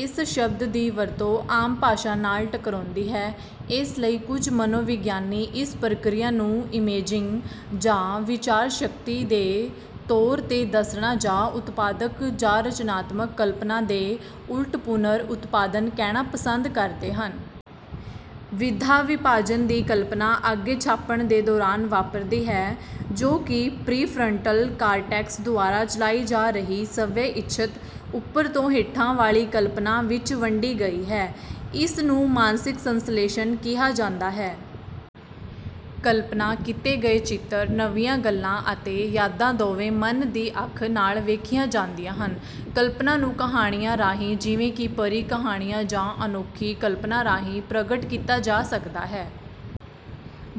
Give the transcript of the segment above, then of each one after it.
ਇਸ ਸ਼ਬਦ ਦੀ ਵਰਤੋਂ ਆਮ ਭਾਸ਼ਾ ਨਾਲ ਟਕਰਾਉਂਦੀ ਹੈ। ਇਸ ਲਈ ਕੁਝ ਮਨੋਵਿਗਿਆਨੀ ਇਸ ਪ੍ਰਕਿਰਿਆ ਨੂੰ "ਇਮੇਜਿੰਗ" ਜਾਂ "ਵਿਚਾਰ ਸ਼ਕਤੀ" ਦੇ ਤੌਰ 'ਤੇ ਦੱਸਣਾ ਜਾਂ "ਉਤਪਾਦਕ" ਜਾਂ "ਰਚਨਾਤਮਕ" ਕਲਪਨਾ ਦੇ ਉਲਟ "ਪੁਨਰ-ਉਤਪਾਦਨ" ਕਹਿਣਾ ਪਸੰਦ ਕਰਦੇ ਹਨ। ਵਿਧਾ-ਵਿਭਾਜਨ ਦੀ ਕਲਪਨਾ ਅੱਗੇ ਛਾਪਣ ਦੇ ਦੌਰਾਨ ਵਾਪਰਦੀ ਹੈ, ਜੋ ਕਿ ਪ੍ਰੀਫਰੰਟਲ ਕਾਰਟੈਕਸ ਦੁਆਰਾ ਚਲਾਈ ਜਾ ਰਹੀ ਸਵੈ-ਇੱਛਤ ਉੱਪਰ ਤੋਂ ਹੇਠਾਂ ਵਾਲੀ ਕਲਪਨਾ ਵਿੱਚ ਵੰਡੀ ਗਈ ਹੈ। ਇਸ ਨੂੰ ਮਾਨਸਿਕ ਸੰਸ਼ਲੇਸ਼ਣ ਕਿਹਾ ਜਾਂਦਾ ਹੈ। ਕਲਪਨਾ ਕੀਤੇ ਗਏ ਚਿੱਤਰ, ਨਵੀਆਂ ਗੱਲਾਂ ਅਤੇ ਯਾਦਾਂ ਦੋਵੇਂ "ਮਨ ਦੀ ਅੱਖ" ਨਾਲ ਵੇਖੀਆਂ ਜਾਂਦੀਆਂ ਹਨ। ਕਲਪਨਾ ਨੂੰ ਕਹਾਣੀਆਂ ਰਾਹੀਂ ਜਿਵੇਂ ਕਿ ਪਰੀ ਕਹਾਣੀਆਂ ਜਾਂ ਅਨੋਖੀ ਕਲਪਨਾ ਰਾਹੀਂ ਪ੍ਰਗਟ ਕੀਤਾ ਜਾ ਸਕਦਾ ਹੈ।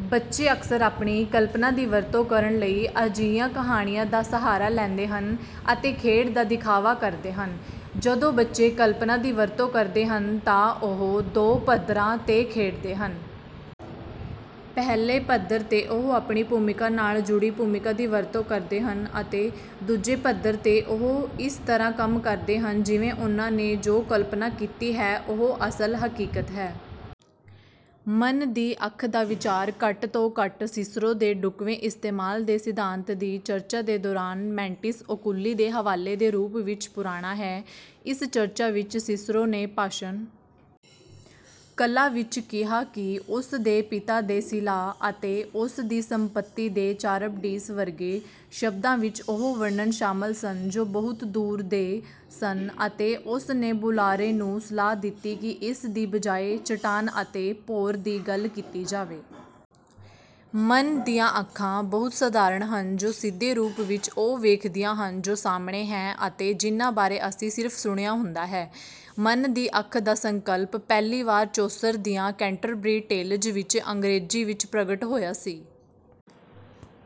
ਬੱਚੇ ਅਕਸਰ ਆਪਣੀ ਕਲਪਨਾ ਦੀ ਵਰਤੋਂ ਕਰਨ ਲਈ ਅਜਿਹੀਆਂ ਕਹਾਣੀਆਂ ਦਾ ਸਹਾਰਾ ਲੈਂਦੇ ਹਨ ਅਤੇ ਖੇਡ ਦਾ ਦਿਖਾਵਾ ਕਰਦੇ ਹਨ। ਜਦੋਂ ਬੱਚੇ ਕਲਪਨਾ ਦੀ ਵਰਤੋਂ ਕਰਦੇ ਹਨ ਤਾਂ ਉਹ ਦੋ ਪੱਧਰਾਂ 'ਤੇ ਖੇਡਦੇ ਹਨ। ਪਹਿਲੇ ਪੱਧਰ 'ਤੇ ਉਹ ਆਪਣੀ ਭੂਮਿਕਾ ਨਾਲ ਜੁੜੀ ਭੂਮਿਕਾ ਦੀ ਵਰਤੋਂ ਕਰਦੇ ਹਨ ਅਤੇ ਦੂਜੇ ਪੱਧਰ 'ਤੇ ਉਹ ਇਸ ਤਰ੍ਹਾਂ ਕੰਮ ਕਰਦੇ ਹਨ ਜਿਵੇਂ ਉਨ੍ਹਾਂ ਨੇ ਜੋ ਕਲਪਨਾ ਕੀਤੀ ਹੈ ਉਹ ਅਸਲ, ਹਕੀਕਤ ਹੈ। "ਮਨ ਦੀ ਅੱਖ" ਦਾ ਵਿਚਾਰ ਘੱਟ ਤੋਂ ਘੱਟ ਸਿਸਰੋ ਦੇ ਢੁਕਵੇਂ ਇਸਤੇਮਾਲ ਦੇ ਸਿਧਾਂਤ ਦੀ ਚਰਚਾ ਦੇ ਦੌਰਾਨ ਮੈਂਟਿਸ ਓਕੂਲੀ ਦੇ ਹਵਾਲੇ ਦੇ ਰੂਪ ਵਿੱਚ ਪੁਰਾਣਾ ਹੈ। ਇਸ ਚਰਚਾ ਵਿੱਚ ਸਿਸਰੋ ਨੇ ਭਾਸ਼ਣ ਕਲਾ ਵਿੱਚ ਕਿਹਾ ਕਿ "ਉਸ ਦੇ ਪਿਤਾ ਦੇ ਸਿਲਾ" ਅਤੇ "ਉਸ ਦੀ ਸੰਪਤੀ ਦੇ ਚਾਰਬਡੀਸ" ਵਰਗੇ ਸ਼ਬਦਾਂ ਵਿੱਚ ਉਹ ਵਰਣਨ ਸ਼ਾਮਲ ਸਨ ਜੋ "ਬਹੁਤ ਦੂਰ ਦੇ" ਸਨ ਅਤੇ ਉਸ ਨੇ ਬੁਲਾਰੇ ਨੂੰ ਸਲਾਹ ਦਿੱਤੀ ਕਿ ਇਸ ਦੀ ਬਜਾਏ "ਚੱਟਾਨ" ਅਤੇ "ਭੌਰ" ਦੀ ਗੱਲ ਕੀਤੀ ਜਾਵੇ। ਮਨ ਦੀਆਂ ਅੱਖਾਂ ਬਹੁਤ ਸਾਧਾਰਨ ਹਨ ਜੋ ਸਿੱਧੇ ਰੂਪ ਵਿੱਚ ਉਹ ਵੇਖਦੀਆਂ ਹਨ ਜੋ ਸਾਹਮਣੇ ਹੈ ਅਤੇ ਜਿਨ੍ਹਾਂ ਬਾਰੇ ਅਸੀਂ ਸਿਰਫ ਸੁਣਿਆ ਹੁੰਦਾ ਹੈ। "ਮਨ ਦੀ ਅੱਖ" ਦਾ ਸੰਕਲਪ ਪਹਿਲੀ ਵਾਰ ਚੌਸਰ ਦੀਆਂ ਕੈਂਟਰਬਰੀ ਟੇਲਜ਼ ਵਿੱਚ ਅੰਗਰੇਜ਼ੀ ਵਿੱਚ ਪ੍ਰਗਟ ਹੋਇਆ ਸੀ।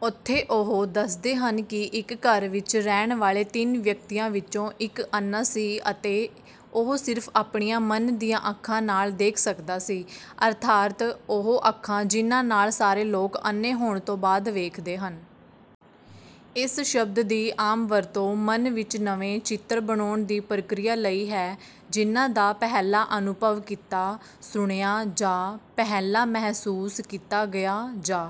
ਉੱਥੇ ਉਹ ਦੱਸਦੇ ਹਨ ਕਿ ਇੱਕ ਘਰ ਵਿੱਚ ਰਹਿਣ ਵਾਲੇ ਤਿੰਨ ਵਿਅਕਤੀਆਂ ਵਿੱਚੋਂ ਇੱਕ ਅੰਨ੍ਹਾ ਸੀ ਅਤੇ ਉਹ ਸਿਰਫ "ਆਪਣੀਆਂ ਮਨ ਦੀਆਂ ਅੱਖਾਂ" ਨਾਲ ਦੇਖ ਸਕਦਾ ਸੀ। ਅਰਥਾਤ ਉਹ ਅੱਖਾਂ "ਜਿਨ੍ਹਾਂ ਨਾਲ ਸਾਰੇ ਲੋਕ ਅੰਨ੍ਹੇ ਹੋਣ ਤੋਂ ਬਾਅਦ ਵੇਖਦੇ ਹਨ"। ਇਸ ਸ਼ਬਦ ਦੀ ਆਮ ਵਰਤੋਂ ਮਨ ਵਿੱਚ ਨਵੇਂ ਚਿੱਤਰ ਬਣਾਉਣ ਦੀ ਪ੍ਰਕਿਰਿਆ ਲਈ ਹੈ ਜਿਨ੍ਹਾਂ ਦਾ ਪਹਿਲਾਂ ਅਨੁਭਵ ਕੀਤਾ, ਸੁਣਿਆ, ਜਾਂ ਪਹਿਲਾਂ ਮਹਿਸੂਸ ਕੀਤਾ ਗਿਆ, ਜਾਂ